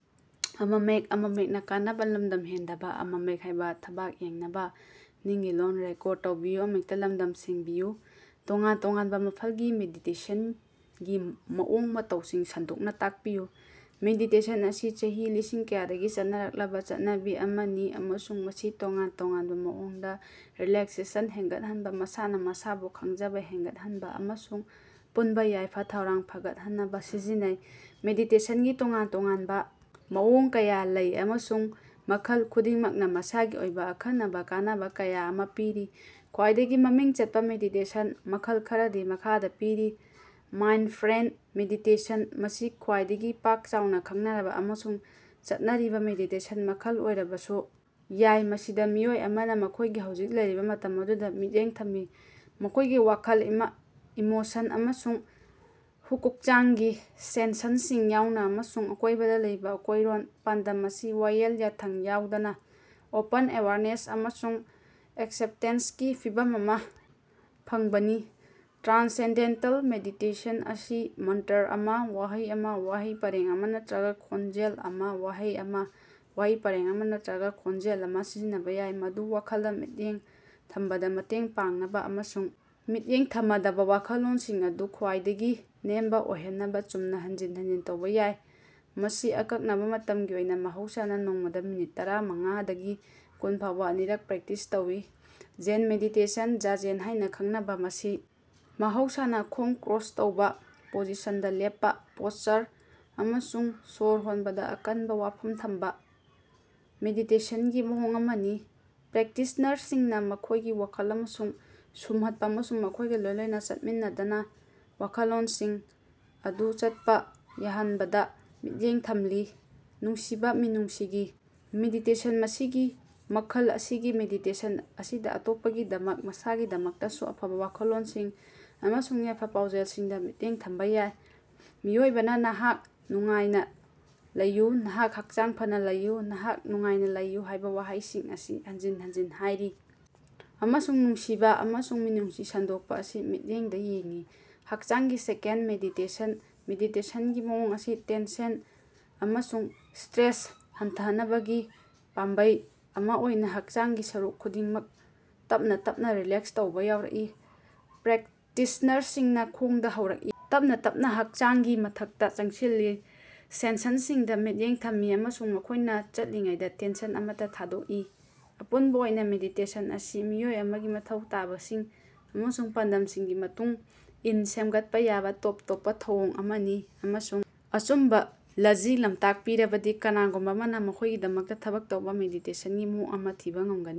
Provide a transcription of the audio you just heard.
ꯇꯣꯉꯥꯟ-ꯇꯣꯉꯥꯟꯕ ꯃꯈꯜꯒꯤ ꯃꯦꯗꯤꯇꯦꯁꯟꯒꯤ ꯃꯑꯣꯡ-ꯃꯇꯧꯁꯤꯡ ꯁꯟꯗꯣꯛꯅ‌ ꯇꯥꯛꯄꯤꯌꯨ꯫ ꯃꯦꯗꯤꯇꯦꯁꯟ ꯑꯁꯤ ꯆꯍꯤ ꯂꯤꯁꯤꯡ ꯀꯌꯥꯗꯒꯤ ꯆꯠꯅꯔꯛꯂꯕ‌ ꯆꯠꯅꯕꯤ ꯑꯃꯅꯤ ꯑꯃꯁꯨꯡ ꯃꯁꯤ ꯇꯣꯉꯥꯟ ꯇꯣꯉꯥꯟꯕ ꯃꯑꯣꯡꯗ ꯔꯤꯂꯦꯛꯁꯦꯁꯟ ꯍꯦꯟꯒꯠꯍꯟꯅꯕ, ꯃꯁꯥꯅ ꯃꯁꯥꯕꯨ ꯈꯪꯖꯕ ꯍꯦꯟꯒꯠꯍꯟꯅꯕ ꯑꯃꯁꯨꯡ ꯑꯄꯨꯟꯕ ꯌꯥꯏꯐ-ꯊꯧꯔꯥꯡ ꯐꯒꯠꯍꯟꯅꯕ ꯁꯤꯖꯤꯟꯅꯩ꯫ ꯃꯦꯗꯤꯇꯦꯁꯟꯒꯤ ꯇꯣꯉꯥꯟ ꯇꯣꯉꯥꯟꯕ ꯃꯑꯣꯡ ꯀꯌꯥ ꯂꯩ, ꯑꯃꯁꯨꯡ ꯃꯈꯜ ꯈꯨꯗꯤꯡꯃꯛꯅ ꯃꯁꯥꯒꯤ ꯑꯣꯏꯕ ꯑꯈꯟꯅꯕ ꯀꯥꯟꯅꯕ ꯀꯌꯥ ꯑꯃ ꯄꯤꯔꯤ꯫ ꯈ꯭ꯋꯥꯏꯗꯒꯤ ꯃꯃꯤꯡ ꯆꯠꯄ ꯃꯦꯗꯤꯇꯦꯁꯟ ꯃꯈꯜ ꯈꯔꯗꯤ ꯃꯈꯥꯗ ꯄꯤꯔꯤ ꯃꯥꯏꯟꯗꯐ꯭ꯔꯦꯟꯗ ꯃꯦꯗꯤꯇꯦꯁꯟ - ꯃꯁꯤ ꯈ꯭ꯋꯥꯏꯗꯒꯤ ꯄꯥꯛ-ꯆꯥꯎꯅ ꯈꯪꯅꯔꯕ ꯑꯃꯁꯨꯡ ꯆꯠꯅꯔꯤꯕ ꯃꯦꯗꯤꯇꯦꯁꯟ ꯃꯈꯜ ꯑꯣꯏꯔꯕꯁꯨ ꯌꯥꯏ, ꯃꯁꯤꯗ ꯃꯤꯑꯣꯏ ꯑꯃꯅ ꯃꯈꯣꯏꯒꯤ ꯍꯧꯖꯤꯛ ꯂꯩꯔꯤꯕ ꯃꯇꯝ ꯑꯗꯨꯗ ꯃꯤꯠꯌꯦꯡ ꯊꯝꯃꯤ, ꯃꯈꯣꯏꯒꯤ ꯋꯥꯈꯜ, ꯏꯃꯥ ꯏꯃꯣꯁꯟ ꯑꯃꯁꯨꯡ ꯍꯨꯀꯨꯛꯆꯥꯡꯒꯤ ꯁꯦꯟ꯭ꯁꯟꯁꯤꯡ ꯌꯥꯎꯅ, ꯑꯃꯁꯨꯡ ꯑꯀꯣꯏꯕꯗ ꯂꯩꯕ ꯑꯀꯣꯏꯔꯣꯟ꯫ ꯄꯥꯟꯗꯝ ꯑꯁꯤ ꯋꯥꯌꯦꯜ ꯌꯥꯊꯪ ꯌꯥꯎꯗꯅ ꯑꯣꯄꯟ ꯑꯦꯋꯦꯌꯔꯅꯦꯁ ꯑꯃꯁꯨꯡ ꯑꯦꯛꯁꯦꯞꯇꯦꯟꯁꯀꯤ ꯐꯤꯚꯝ ꯑꯃ ꯐꯪꯕꯅꯤ꯫ ꯇ꯭ꯔꯥꯟꯁꯦꯟꯗꯦꯟꯇꯜ ꯃꯦꯗꯤꯇꯦꯁꯟ - ꯑꯁꯤ ꯃꯟꯇꯔ ꯑꯃ – ꯋꯥꯍꯩ ꯑꯃ, ꯋꯥꯍꯩ ꯄꯔꯦꯡ ꯑꯃ ꯅꯠꯇꯔꯒ ꯈꯣꯟꯖꯦꯜ ꯑꯃ -ꯋꯥꯍꯩ ꯑꯃ, ꯋꯥꯍꯩ ꯄꯥꯔꯦꯡ ꯑꯃ ꯅꯠꯇꯔꯒ ꯈꯣꯟꯖꯦꯜ ꯑꯃ ꯁꯤꯖꯤꯟꯅꯕ ꯌꯥꯏ, ꯃꯗꯨ ꯋꯥꯈꯜꯗ ꯃꯤꯠꯌꯦꯡ ꯊꯝꯕꯗ ꯃꯇꯦꯡ ꯄꯥꯡꯅꯕ ꯑꯃꯁꯨꯡ ꯃꯤꯠꯌꯦꯡ ꯊꯃꯗꯕ ꯋꯥꯈꯜꯂꯣꯟꯁꯤꯡ ꯑꯗꯨ ꯈ꯭ꯋꯥꯏꯗꯒꯤ ꯅꯦꯝꯕ‌ ꯑꯣꯏꯍꯟꯅꯕ ꯆꯨꯝꯅ ꯍꯟꯖꯤꯟ ꯍꯟꯖꯤꯟ ꯇꯧꯕ ꯌꯥꯏ꯫ ꯃꯁꯤ ꯑꯀꯛꯅꯕ ꯃꯇꯝꯒꯤ ꯑꯣꯏꯅ, ꯃꯍꯧꯁꯥꯅ ꯅꯣꯡꯃꯗ ꯃꯤꯅꯠ ꯇꯔꯥꯃꯪꯉꯥ ꯗꯒꯤ ꯀꯨꯟ ꯐꯥꯎ ꯑꯅꯤꯔꯛ ꯄ꯭ꯔꯦꯛꯇꯤꯁ ꯇꯧꯏ꯫ ꯖꯦꯟ ꯃꯦꯗꯤꯇꯦꯁꯟ - ꯖꯥꯖꯦꯟ ꯍꯥꯏꯅ ꯈꯪꯅꯕ ꯃꯁꯤ ꯃꯍꯧꯁꯥꯅ ꯈꯣꯡ ꯀ꯭ꯔꯣꯁ ꯇꯧꯕ ꯄꯣꯖꯤꯁꯟꯗ ꯂꯦꯞꯄ, ꯄꯣꯁꯆꯔ ꯑꯃꯁꯨꯡ ꯁꯣꯔ ꯍꯣꯟꯕꯗ ꯑꯀꯟꯕ ꯋꯥꯐꯝ ꯊꯝꯕ ꯃꯦꯗꯤꯇꯦꯁꯟꯒꯤ ꯃꯑꯣꯡ ꯑꯃꯅꯤ꯫ ꯄ꯭ꯔꯦꯛꯇꯤꯁꯅꯔꯁꯤꯡꯅ ꯃꯈꯣꯏꯒꯤ ꯋꯥꯈꯜ ꯑꯃꯁꯨꯡ ꯁꯨꯝꯍꯠꯄ ꯑꯃꯁꯨꯡ ꯃꯈꯣꯏꯒ ꯂꯣꯏꯅꯅ ꯆꯠꯃꯤꯟꯅꯗꯅ ꯋꯥꯈꯜꯂꯣꯟꯁꯤꯡ ꯑꯗꯨ ꯆꯠꯄ ꯌꯥꯍꯟꯕꯗ ꯃꯤꯠꯌꯦꯡ ꯊꯝꯂꯤ꯫ ꯅꯨꯡꯁꯤꯕ ꯃꯤꯅꯨꯡꯁꯤꯒꯤ ꯃꯦꯗꯤꯇꯦꯁꯟ - ꯃꯁꯤꯒꯤ ꯃꯈꯜ ꯑꯁꯤꯒꯤ ꯃꯦꯗꯤꯇꯦꯁꯟ ꯑꯁꯤꯗ ꯑꯇꯣꯞꯄꯒꯤꯗꯃꯛ, ꯃꯁꯥꯒꯤꯗꯃꯛꯇꯁꯨ ꯑꯐꯕ ꯋꯥꯈꯜꯂꯣꯟꯁꯤꯡ ꯑꯃꯁꯨꯡ ꯌꯥꯏꯐ-ꯄꯥꯎꯖꯦꯜꯁꯤꯡꯗ ꯃꯤꯠꯌꯦꯡ ꯊꯝꯕ ꯌꯥꯏ꯫ ꯃꯤꯑꯣꯏꯕꯅ ꯅꯍꯥꯛ ꯅꯨꯡꯉꯥꯏꯅ ꯂꯩꯌꯨ, ꯅꯍꯥꯛ ꯍꯛꯆꯥꯡ ꯐꯅ ꯂꯩꯌꯨ, ꯅꯍꯥꯛ ꯅꯨꯡꯉꯥꯏꯅ ꯂꯩꯌꯨ‌ ꯍꯥꯏꯕ ꯋꯥꯍꯩꯁꯤꯡ ꯑꯁꯤ ꯍꯟꯖꯤꯟ ꯍꯟꯖꯤꯟ ꯍꯥꯏꯔꯤ ꯑꯃꯁꯨꯡ ꯅꯨꯡꯁꯤꯕ ꯑꯃꯁꯨꯡ ꯃꯤꯅꯨꯡꯁꯤ ꯁꯟꯗꯣꯛꯄ ꯑꯁꯤ ꯃꯤꯠꯌꯦꯡꯗ ꯌꯦꯡꯏ꯫ ꯍꯛꯆꯥꯡꯒꯤ ꯁ꯭ꯀꯦꯟ ꯃꯦꯗꯤꯇꯦꯁꯟ - ꯃꯦꯗꯤꯇꯦꯁꯟꯒꯤ ꯃꯑꯣꯡ ꯑꯁꯤꯅ ꯇꯦꯟꯁꯟ ꯑꯃꯁꯨꯡ ꯁ꯭ꯇꯔꯦꯁ ꯍꯟꯊꯍꯟꯅꯕꯒꯤ ꯄꯥꯝꯕꯩ ꯑꯃ ꯑꯣꯏꯅ ꯍꯛꯆꯥꯡꯒꯤ ꯁꯔꯨꯛ ꯈꯨꯗꯤꯡꯃꯛ ꯇꯞꯅ ꯇꯞꯅ ꯔꯤꯂꯦꯛꯁ ꯇꯧꯕ ꯌꯥꯎꯏ꯫ ꯄ꯭ꯔꯦꯛꯇꯤꯁꯅꯔꯁꯤꯡꯅ ꯈꯣꯡꯗ ꯍꯧꯔꯛꯏ, ꯇꯞꯅ ꯇꯞꯅ ꯍꯛꯆꯥꯡꯒꯤ ꯃꯊꯛꯇ ꯆꯪꯁꯤꯜꯂꯤ, ꯁꯦꯟ꯭ꯁꯟꯁꯤꯡꯗ ꯃꯤꯠꯌꯦꯡ ꯊꯝꯃꯤ ꯑꯃꯁꯨꯡ ꯃꯈꯣꯏꯅ ꯆꯠꯂꯤꯉꯩꯗ ꯇꯦꯟꯁꯟ ꯑꯃꯠꯇ ꯊꯥꯗꯣꯛꯏ꯫ ꯑꯄꯨꯟꯕ ꯑꯣꯏꯅ, ꯃꯦꯗꯤꯇꯦꯁꯟ ꯑꯁꯤ ꯃꯤꯑꯣꯏ ꯑꯃꯒꯤ ꯃꯊꯧ ꯇꯥꯕꯁꯤꯡ ꯑꯃꯁꯨꯡ ꯄꯥꯟꯗꯝꯁꯤꯡꯒꯤ ꯃꯇꯨꯡ ꯏꯟ ꯁꯦꯝꯒꯠꯄ‌ ꯌꯥꯕ ꯇꯣꯞ ꯇꯣꯞꯄ ꯊꯧꯑꯣꯡ ꯑꯃꯅꯤ ꯑꯃꯁꯨꯡ ꯑꯆꯨꯝꯕ ꯂꯖꯤꯡ-ꯂꯝꯇꯥꯛ ꯄꯤꯔꯕꯗꯤ ꯀꯅꯥꯒꯨꯝꯕ ꯑꯃꯅ ꯃꯈꯣꯏꯒꯤꯗꯃꯛꯇ ꯊꯕꯛ ꯇꯧꯕ ꯃꯦꯗꯤꯇꯦꯁꯟꯒꯤ ꯃꯑꯣꯡ ꯑꯃ ꯊꯤꯕ ꯉꯝꯒꯅꯤ꯫